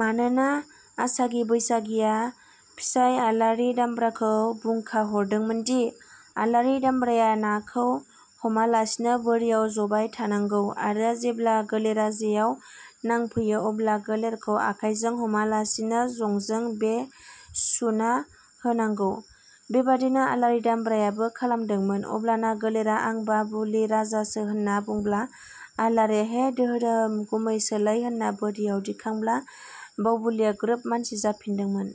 मानोना आसागि बैसागिया। फिसाइ आलारि दामब्राखौ बुंखा हरदोंमोनदि- आलारि दामब्राया नाखौ हमालासिनो बोरियाव ज'बाय थानांगौ आरो जेब्ला गोलेरा जेयाव नांफैयो अब्ला गोलेरखौ आखाइजों हमालासिनो जंजों बे सुना होनांगौ। बेबादिनो आलारि दामब्रायाबो खालामदोंमोन अब्लाना गोलेरा आं बावबुलि राजासो होनना बुब्ला आलारिया हे दोहोरोम गुमैसोलाय होनना बोरियाव दिखांब्ला बावबुलिया ग्रोब मानसि जाफिनदोंमोन।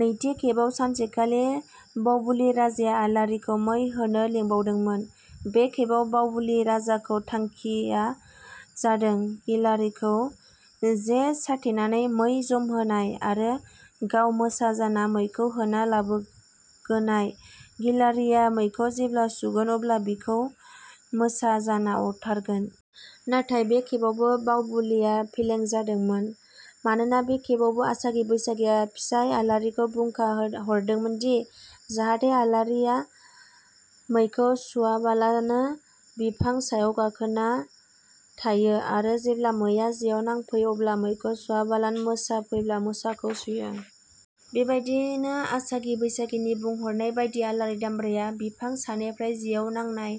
नैथि खेबाव सानसेखालि बावबुलि राजाया आलारिखौ मै होनो लिंबावदोंमोन। बे खेबाव बावबुलि राजानि थांखिया जादों गिलारिखौ जे साथेनानै मै जमहोनाय आरो गाव मोसा जाना मैखौ होना लाबोगोनाय। गिलारिया मैखौ जेब्ला सुगोन अब्ला बिखौ मोसा जाना अरथारगोन। नाथाय बे खेबावबो बावबुलिया फेलें जादोंमोन। मानोना बे खेबावबो आसागि बैसागिया फिसाइ आलारिखौ बुंखा हरदोंमोनदि- जाहाथे आलारिया मैखौ सुवाबालानो बिफां सायाव गाखोना थायो आरो जेब्ला मैआ जेआव नांफैयो अब्ला मैखौ सुवाबालानो मोसा फैब्लासो मोसाखौ सुयो। बेबादिनो आसागि बैसागिनि बुंहरनाय बादियै आलारि दामब्राया बिफां सानिफ्राय जेआव नांनाय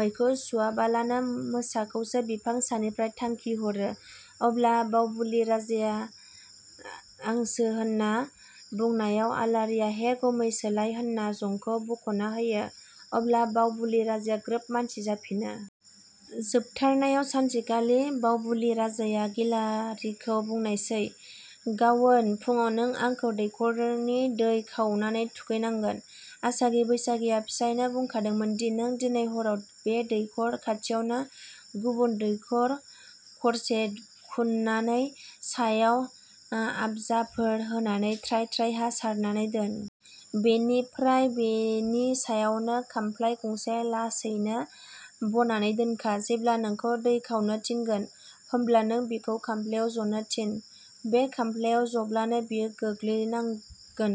मैखौ सुवाबालानो मोसाखौसो बिफां सानिफ्राइ थांखि हरो। अब्ला बावबुलि राइथाया आंसो होनना बुनायाव आलारिया हे गुमैसोलाय होनना जंखौ बखना होयो अब्ला बावबुलि राजाया ग्रोब मानसि जाफिनो। जोबथारनायाव, सानसेखालि बावबुलि राजाया गिलारिखौ बुंनायसै – "गावोन फुडाव नों आंखौ दैखरनि दै खावनानै थुखैनांगोन"। आसागि बैसागिया फिसाइनो बुंखादोंमोनदि – "नों दिनै हराव बे दैखर खाथियावनो गुबुन दैखर खरसे खु'ननानै सायाव आबजाफोर होनानै थ्राय थ्राय हा सारनानै दोन। बेनिफ्राय बेनि सायावनो खामफ्लाइ गंसे लासैनो बनानै दोनखा। जेब्ला नोंखौ दै खावनो थिनगोन, होमब्ला नों बिखौ बे खामफ्लाइयाव जनो थिन। बे खामफ्लाइयाव जब्लानो बियो गोलैलांगोन।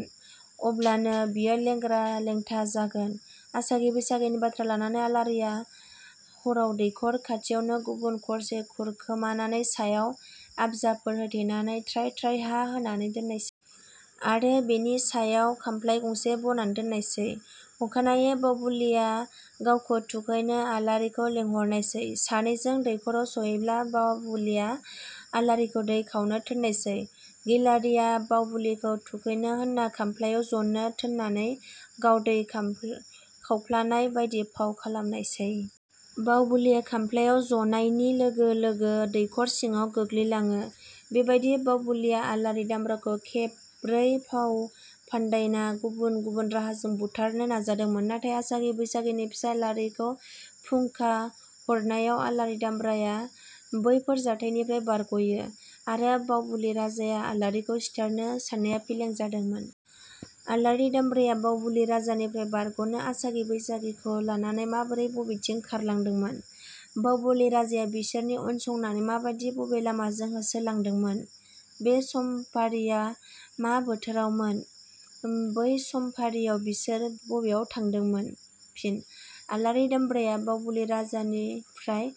अब्लानो बियो लेंग्रा लेंथा जागोन। आसागि बैसागिनि बाथ्रा लानानै आलारिया हराव दैखर खाथियावनो गुबुन खरसे खुरखोमानानै सायाव आबजाफोर होथेनानै थ्राय थ्राय हा होनानै दोननायसै। आरो बेनि सायाव खामफ्लाइ गंसे बनानै दोननायसै। अखानायै बावबुलिया गावखौ थुखैनो आलारिखौ लिंहरनायसै। सानैजों दैखराव सहैब्ला बावबुलिया आलारिखौ दै खावनो थोननायसै। गिलारियाबो बावबुलिखौ थुखैनो होननानै खामफ्लाइयाव जनो थोननानै गाव दै खावफ्लानाय बादि फाव खालामनायसै। बावबुलिया खामफ्लाइयाव जनायनि लोगो लोगो दैखर सिङाव गोलैलांङो। बेबादिनो बावबुलिया अलारि दामब्राखौ खेब ब्रै फाव फान्दायना गुबुन गुबुन राहाजों बुथारनो नाजादोंमोन। नाथाइ आसागि बैसागिनि फिसाइ आलारिखौ फुंखा हरनायाव आलारि दामब्राया बैफोर जाथाइनिफ्राय बारग'यो आरो बावबुलि राजानि आलारिखौ सिथारनो साननाया फेलें जादोंमोन।. आलारि दामब्राया बावबुलि राजानिफ्राय बारग'नो आसागि बैसागिखौ लानानै माबोरै बबेथिं खारलांदोंमोन? बावबुलि राजाया बिसोरनि उनसंनानै माबादि बबे लामाजों होसो लांदोंमोन? बे समफारिया मा बोथोरमोन? बै समफारियाव बिसोर बबेयाव थानांदोंमोन? फिनः आलारि दामब्राया बावबुलि राजानिफ्राय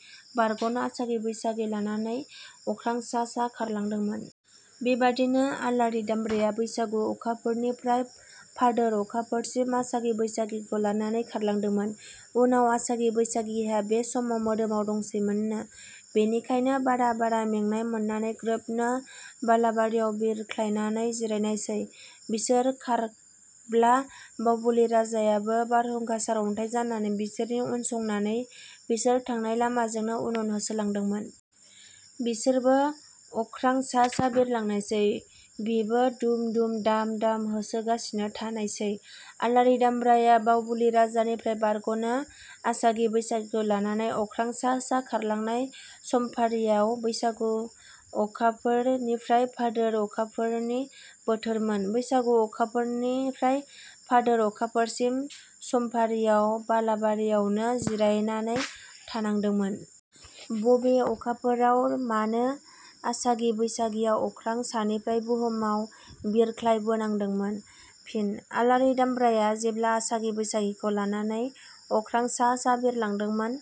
बारग'नो आसागि बैसागिखौ लानानै अख्रां सा सा खारलांदोंमोन। बेबादिनो आलारि दामब्राया बैसागु अखाफोरनिफ्राय भादोर अखाफोरसिम आसागि बैसागिखौ लानानै खारलांदोंमोन। उनाव आसागि बैसागिहा बे समाव मोदोमाव दंसैमोननो। बेनिखायनो बारा बारा मेंनाय मोननानै ग्रोबनो बालाबारियाव बिरख्लायनानै जिरायनायसै। बिसोर खारब्ला बावबुलि राजायाबो बारहुंखा, सार'न्थाइ जानानै बिसोरनि उनसंनानै बिसोर थांनाय लामाजोंनो उन उन होसोलांदोंमोन। बिसोरबो अखर्खा सा सा बिरलांनायसै। बिबो दुम दुम, दाम दाम होसोगासिनो थानायसै। आलारि दामब्राया बावबुलि राजानिफ्राय बारग'नो आसागि बैसागिखौ लानानै अख्रां सा सा खारलांनाय समफारियाव बैसागु अखाफोर निफ्राय भादोर अखाफोरनि बोथोरमोन। बैसागु अखाफोरनिफ्राय भादोर अखाफोरसिमनि समफारियाव बालाबारियावनो जिरायनानै थानांदोंमोन।. बबे अखाफोराव मानो आसागि बैसागिया अख्रां सानिफ्राय बुहुमाव बिरख्लाय बोनांदोंमोन? फिन: आलारि दामब्राया जेब्ला आसागि बैसागिखौ लानानै अख्रां सा सा बिरलांदोंमोन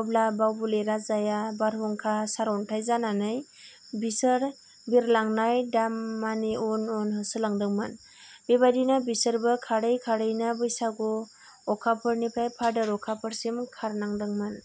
अब्ला बावबुलि राजाया बारहुंखा, सार'न्थाइ जानानै बिसोर बिइरलांनाय दामानि उन उन होसोलांदोंमोन। बेबादिनो बिसोरबो खारै खारैनो बैसागु अखाफोरनिफ्राय भादोर अखाफोरसिम खारनायदोंमोन।